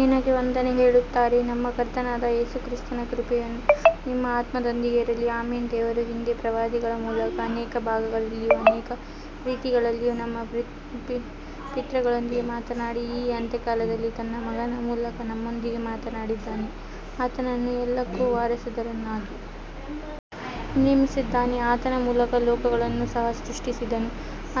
ನಿನಗೆ ವಂದನೆ ಹೇಳುತ್ತಾರೆ ನಮ್ಮ ಕರ್ತನಾದ ಯೇಸು ಕ್ರಿಸ್ತನ ಕೃಪೆಯು ನಿಮ್ಮ ಆತ್ಮದೊಂದಿಗೆ ಇರಲಿ ಆಮೆನ್ ದೇವರು ಹಿಂದೆ ಪ್ರವಾದಿಗಳ ಮೂಲಕ ಅನೇಕ ಭಾಗಗಳಲ್ಲಿಯೂ ಅನೇಕ ರೀತಿಗಳಲ್ಲಿಯೂ ನಮ್ಮ ಪಿತೃಗಳೊಂದಿಗೆ ಮಾತನಾಡಿ ಈ ಅಂತ್ಯಕಾಲದಲ್ಲಿ ತನ್ನ ಮಗನ ಮೂಲಕ ನಮ್ಮೊಂದಿಗೆ ಮಾತನಾಡಿದ್ದಾನೆ ಆತನನ್ನು ಎಲ್ಲಕ್ಕೂ ವಾರಸುದಾರನನ್ನಾಗಿ ನೇಮಿಸಿದ್ದಾನೆ ಆತನ ಮೂಲಕ ಲೋಕಗಳನ್ನು ಸಹ ಸೃಷ್ಟಿಸಿದನು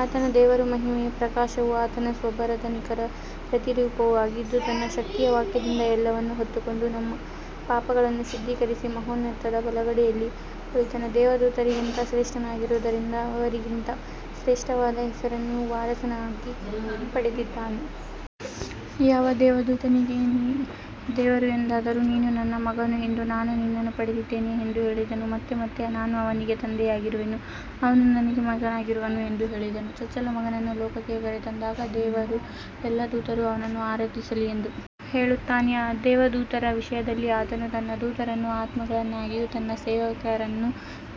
ಆತನು ದೇವರ ಮಹಿಮೆಯ ಪ್ರಕಾಶವೂ ಆತನ ಸ್ವಭಾವದ ನಿಖರ ಪ್ರತಿರೂಪವೂ ಆಗಿದ್ದು ತನ್ನ ಶಕ್ತಿಯ ವಾಕ್ಯದಿಂದ ಎಲ್ಲವನ್ನೂ ಹೊತ್ತುಕೊಂಡು ನಮ್ಮ ಪಾಪಗಳನ್ನು ಶುದ್ಧೀಕರಿಸಿ ಮಹೋನ್ನತನ ಬಲಗಡೆಯಲ್ಲಿ ಕುಳಿತನು ದೇವದೂತರಿಗಿಂತ ಶ್ರೇಷ್ಠನಾಗಿರುವುದರಿಂದ ಅವರಿಗಿಂತ ಶ್ರೇಷ್ಠವಾದ ಹೆಸರನ್ನು ವಾರಸಾಗಿ ಪಡೆದಿದ್ದಾನೆ ಯಾವ ದೇವದೂತನಿಗೆ ದೇವರು ಎಂದಾದರೂ ನೀನು ನನ್ನ ಮಗನು ಇಂದು ನಾನು ನಿನ್ನನ್ನು ಪಡೆದಿದ್ದೇನೆ ಎಂದು ಹೇಳಿದನು ಮತ್ತು ಮತ್ತೆ ನಾನು ಅವನಿಗೆ ತಂದೆಯಾಗಿರುವೆನು ಅವನು ನನಗೆ ಮಗನಾಗಿರುವನು ಎಂದು ಹೇಳಿದನು ಚೊಚ್ಚಲ ಮಗನನ್ನು ಲೋಕಕ್ಕೆ ಕರೆತಂದಾಗ ದೇವರ ಎಲ್ಲಾ ದೂತರೂ ಅವನನ್ನು ಆರಾಧಿಸಲಿ ಎಂದು ಹೇಳುತ್ತಾನೆ ದೇವದೂತರ ವಿಷಯದಲ್ಲಿ ಆತನು ತನ್ನ ದೂತರನ್ನು ಆತ್ಮಗಳನ್ನಾಗಿಯೂ ತನ್ನ ಸೇವಕರನ್ನು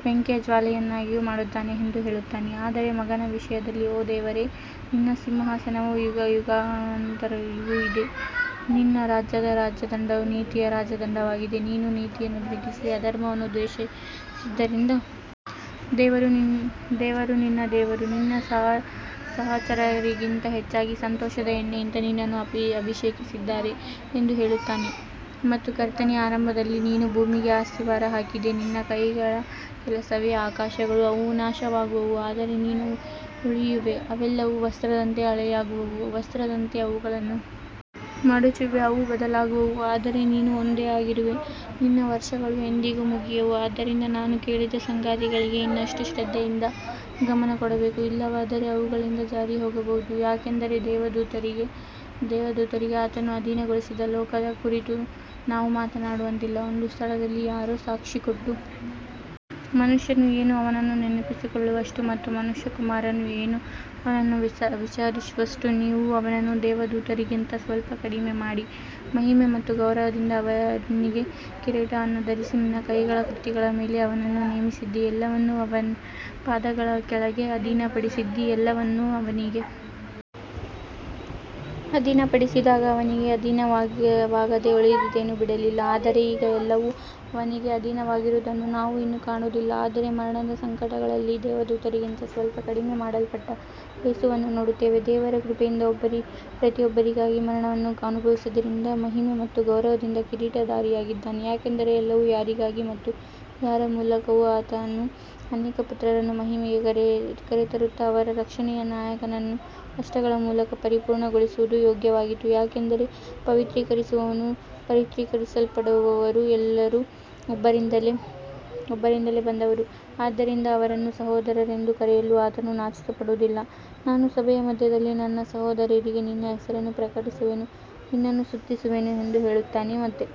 ಬೆಂಕಿಯ ಜ್ವಾಲೆಯನ್ನಾಗಿಯೂ ಮಾಡುತ್ತಾನೆ ಎಂದು ಹೇಳುತ್ತಾನೆ ಆದರೆ ಮಗನ ವಿಷಯದಲ್ಲಿ ಓ ದೇವರೇ ನಿನ್ನ ಸಿಂಹಾಸನವು ಯುಗಯುಗಾಂತರಗಳಿಗೂ ಇದೆ ನಿನ್ನ ರಾಜ್ಯದ ರಾಜದಂಡವು ನೀತಿಯ ರಾಜದಂಡವಾಗಿದೆ ನೀನು ನೀತಿಯನ್ನು ಪ್ರೀತಿಸಿ ಅಧರ್ಮವನ್ನು ದ್ವೇಷಿಸಿದ್ದರಿಂದ ದೇವರು ನಿನ್ನ ದೇವರು ನಿನ್ನ ಸಹಚರರಿಗಿಂತ ಹೆಚ್ಚಾಗಿ ಸಂತೋಷದ ಎಣ್ಣೆಯಿಂದ ನಿನ್ನನ್ನು ಅಭಿಷೇಕಿಸಿದ್ದಾನೆ ಎಂದು ಹೇಳುತ್ತಾನೆ ಮತ್ತು ಕರ್ತನೇ ಆರಂಭದಲ್ಲಿ ನೀನು ಭೂಮಿಗೆ ಅಸ್ತಿವಾರ ಹಾಕಿದೆ ನಿನ್ನ ಕೈಗಳ ಕೆಲಸವೇ ಆಕಾಶಗಳು ಅವು ನಾಶವಾಗುವವು ಆದರೆ ನೀನು ಉಳಿಯುವೆ ಅವೆಲ್ಲವೂ ವಸ್ತ್ರದಂತೆ ಹಳೆಯವಾಗುವವು ವಸ್ತ್ರದಂತೆ ಅವುಗಳನ್ನು ಮಡಚುವೆ ಅವು ಬದಲಾಗುವವು ಆದರೆ ನೀನು ಒಂದೇ ಆಗಿರುವೆ ನಿನ್ನ ವರ್ಷಗಳು ಎಂದಿಗೂ ಮುಗಿಯವು ಆದ್ದರಿಂದ ನಾವು ಕೇಳಿದ ಸಂಗತಿಗಳಿಗೆ ಇನ್ನಷ್ಟು ಶ್ರದ್ಧೆಯಿಂದ ಗಮನಕೊಡಬೇಕು ಇಲ್ಲವಾದರೆ ಅವುಗಳಿಂದ ಜಾರಿಹೋಗಬಹುದು ಯಾಕಂದರೆ ದೇವದೂತರಿಗೆ ಆತನು ಅಧೀನಗೊಳಿಸಿದ ಲೋಕದ ಕುರಿತು ನಾವು ಮಾತನಾಡುತ್ತಿಲ್ಲ ಒಂದು ಸ್ಥಳದಲ್ಲಿ ಯಾರೋ ಸಾಕ್ಷಿಕೊಟ್ಟು ಮನುಷ್ಯನು ಏನು ಅವನನ್ನು ನೆನಪಿಸಿಕೊಳ್ಳುವಷ್ಟು ಮತ್ತು ಮನುಷ್ಯಕುಮಾರನು ಏನು ಅವನನ್ನು ವಿಚಾರಿಸುವಷ್ಟು ನೀನು ಅವನನ್ನು ದೇವದೂತರಿಗಿಂತ ಸ್ವಲ್ಪ ಕಡಿಮೆಮಾಡಿ ಮಹಿಮೆ ಮತ್ತು ಗೌರವದಿಂದ ಅವನಿಗೆ ಕಿರೀಟವನ್ನು ಧರಿಸಿ ನಿನ್ನ ಕೈಗಳ ಕೃತಿಗಳ ಮೇಲೆ ಅವನನ್ನು ನೇಮಿಸಿದ್ದೀ ಎಲ್ಲವನ್ನೂ ಅವನ ಪಾದಗಳ ಕೆಳಗೆ ಅಧೀನಪಡಿಸಿದ್ದೀ ಎಲ್ಲವನ್ನೂ ಅವನಿಗೆ ಅಧೀನಪಡಿಸಿದಾಗ ಅವನಿಗೆ ಅಧೀನವಾಗದೆ ಉಳಿದದ್ದೇನೂ ಬಿಡಲಿಲ್ಲ ಆದರೆ ಈಗ ಎಲ್ಲವೂ ಅವನಿಗೆ ಅಧೀನವಾಗಿರುವುದನ್ನು ನಾವು ಇನ್ನೂ ಕಾಣುವುದಿಲ್ಲ ಆದರೆ ಮರಣದ ಸಂಕಟಕ್ಕಾಗಿ ದೇವದೂತರಿಗಿಂತ ಸ್ವಲ್ಪ ಕಡಿಮೆಮಾಡಲ್ಪಟ್ಟ ಯೇಸುವನ್ನು ನೋಡುತ್ತೇವೆ ದೇವರ ಕೃಪೆಯಿಂದ ಪ್ರತಿಯೊಬ್ಬರಿಗಾಗಿ ಮರಣವನ್ನು ಅನುಭವಿಸಿದ್ದರಿಂದ ಮಹಿಮೆ ಮತ್ತು ಗೌರವದಿಂದ ಕಿರೀಟಧಾರಿಯಾಗಿದ್ದಾನೆ ಯಾಕಂದರೆ ಎಲ್ಲವೂ ಯಾರಿಗಾಗಿ ಮತ್ತು ಯಾರ ಮೂಲಕವೋ ಆತನು ಅನೇಕ ಪುತ್ರರನ್ನು ಮಹಿಮೆಗೆ ಕರೆತರುತ್ತಾ ಅವರ ರಕ್ಷಣೆಯ ನಾಯಕನನ್ನು ಕಷ್ಟಗಳ ಮೂಲಕ ಪರಿಪೂರ್ಣಗೊಳಿಸುವುದು ಯೋಗ್ಯವಾಗಿತ್ತು ಯಾಕಂದರೆ ಪವಿತ್ರೀಕರಿಸುವವನೂ ಪವಿತ್ರೀಕರಿಸಲ್ಪಡುವವರೂ ಎಲ್ಲರೂ ಒಬ್ಬರಿಂದಲೇ ಬಂದವರು ಆದ್ದರಿಂದ ಅವರನ್ನು ಸಹೋದರರೆಂದು ಕರೆಯಲು ಆತನು ನಾಚಿಕೆಪಡುವುದಿಲ್ಲ ನಾನು ಸಭೆಯ ಮಧ್ಯದಲ್ಲಿ ನನ್ನ ಸಹೋದರರಿಗೆ ನಿನ್ನ ಹೆಸರನ್ನು ಪ್ರಕಟಿಸುವೆನು ನಿನ್ನನ್ನು ಸ್ತುತಿಸುವೆನು ಎಂದು ಹೇಳುತ್ತಾನೆ ಮತ್ತೆ